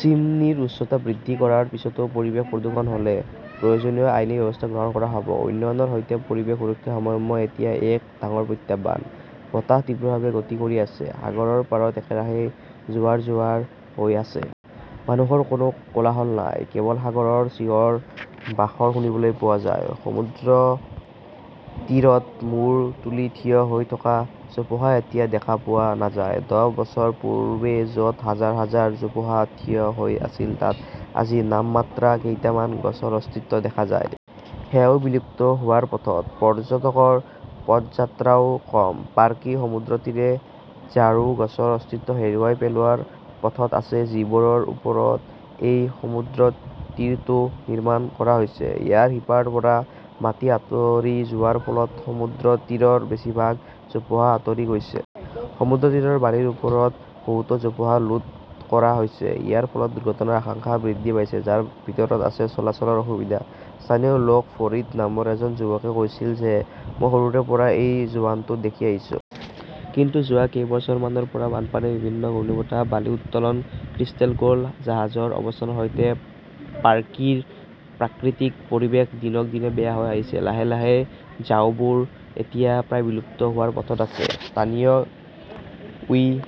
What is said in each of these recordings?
চিমনীৰ উচ্চতা বৃদ্ধি কৰাৰ পিছতো পৰিৱেশ প্ৰদূষণ হ'লে, প্ৰয়োজনীয় আইনী ব্যৱস্থা গ্ৰহণ কৰা হ'ব। উন্নয়নৰ সৈতে পৰিৱেশ সুৰক্ষাৰ সমন্বয় এতিয়া এক ডাঙৰ প্ৰত্যাহ্বান। বতাহ তীব্ৰভাৱে গতি কৰি আছে, সাগৰত পাৰত একেৰাহে জোৱাৰ-জোৱাৰ হৈ আছে। মানুহৰ কোনো কোলাহল নাই। কেৱল সাগৰৰ চিঞৰ-বাখৰ শুনিবলৈ পোৱা যায়। সমুদ্ৰতীৰত মূৰ তুলি থিয় হৈ থকা জোপোহা এতিয়া দেখা পোৱা নাযায়। দহ বছৰ পূৰ্বে য'ত হাজাৰ হাজাৰ জোপোহা থিয় হৈ আছিল তাত আজি নামমাত্ৰ কেইটামান গছৰ অস্তিত্ব দেখা যায়। সেয়াও বিলুপ্ত হোৱাৰ পথত। পৰ্যটকৰ পদযাত্ৰাও কম। পাৰ্কি সমুদ্ৰতীৰে ঝাও গছৰ অস্তিত্ব হেৰুৱাই পেলোৱাৰ পথত আছে যিবোৰৰ ওপৰত এই সমুদ্ৰতীৰটো নিৰ্মাণ কৰা হৈছে। ইয়াৰ শিপাৰ পৰা মাটি আঁতৰি যোৱাৰ ফলত সমুদ্ৰতীৰৰ বেছিভাগ জোপোহা আঁতৰি গৈছে। সমুদ্ৰতীৰৰ বালিৰ ওপৰত বহুতো জোপোহা লুট কৰা হৈছে। ইয়াৰ ফলত দুৰ্ঘটনাৰ আশংকা বৃদ্ধি পাইছে, যাৰ ভিতৰত আছে চলাচলৰ অসুবিধা। স্থানীয় লোক ফৰিদ নামৰ এজন যুৱকে কৈছিল যে মই সৰুৰে পৰাই এই জোৱানটো দেখি আহিছো। কিন্তু যোৱা কেইবছৰমানৰ পৰা বানপানী, বিভিন্ন ঘূৰ্ণীবতাহ, বালি উত্তোলন, ক্ৰিষ্টেল গোল্ড জাহাজৰ অৱস্থানৰ সৈতে পাৰ্কিৰ প্ৰাকৃতিক পৰিৱেশ দিনক দিনে বেয়া হৈ আহিছে। লাহে লাহে ঝাউবোৰ এতিয়া প্ৰায় বিলুপ্ত হোৱাৰ পথত আছে। স্থানীয় ইউ.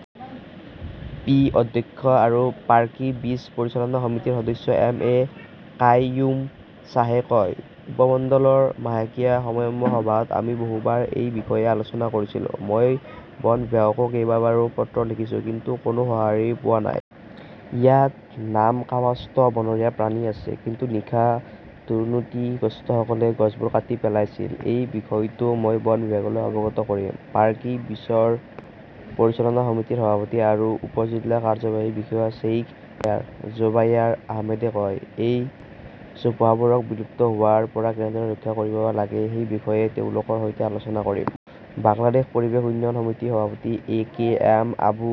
পি. অধ্যক্ষ আৰু পাৰ্কি বিচ পৰিচালনা সমিতিৰ সদস্য এম. এ. কাইয়ুম শ্বাহে কয়, উপমণ্ডলৰ মাহেকীয়া সমন্বয় সভাত আমি বহুবাৰ এই বিষয়ে আলোচনা কৰিছিলো। মই বন বিভাগকো কেইবাবাৰো পত্ৰ লিখিছোঁ, কিন্তু কোনো সঁহাৰি পোৱা নাই। ইয়াত নামকাৱাস্তত বনৰীয়া প্ৰাণী আছে। কিন্তু নিশা দুৰ্নীতিগ্ৰস্তসকলে গছবোৰ কাটি পেলাইছিল। এই বিষয়টো মই বন বিভাগলৈ অৱগত কৰিম, পাৰ্কি বিচৰ পৰিচালনা সমিতিৰ সভাপতি আৰু উপ-জিলাৰ কাৰ্যবাহী বিষয়া শ্বেইখ জোবায়াৰ আহমেদে কয়। এই জোপোহাবোৰক বিলুপ্ত হোৱাৰ পৰা কেনেদৰে ৰক্ষা কৰিব লাগে সেই বিষয়ে তেওঁলোকৰ সৈতে আলোচনা কৰিম। বাংলাদেশ পৰিৱেশ উন্নয়ন সমিতিৰ সভাপতি এ. কে. এম. আবু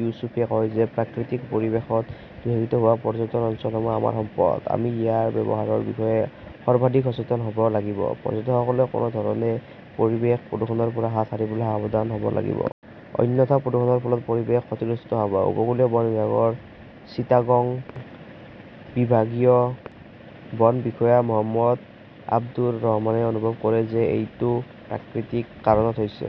ইউছুফে কয় যে প্ৰাকৃতিক পৰিৱেশত বিকশিত হোৱা পৰ্যটন অঞ্চলসমূহ আমাৰ সম্পদ। আমি ইয়াৰ ব্যৱহাৰৰ বিষয়ে সৰ্বাধিক সচেতন হ 'ব লাগিব। পৰ্যটকসকলে কোনো ধৰণে পৰিৱেশ প্ৰদূষণৰ পৰা হাত সাৰিবলৈ সাৱধান হ'ব লাগিব। অন্যথা প্ৰদূষণৰ ফলত পৰিৱেশ ক্ষতিগ্ৰস্ত হ'ব। উপকূলীয় বন বিভাগৰ চিটাগং বিভাগীয় বন বিষয়া মহম্মদ আবদুৰ ৰহমানে অনুভৱ কৰে যে, এইটো প্ৰাকৃতিক কাৰণত হৈছে।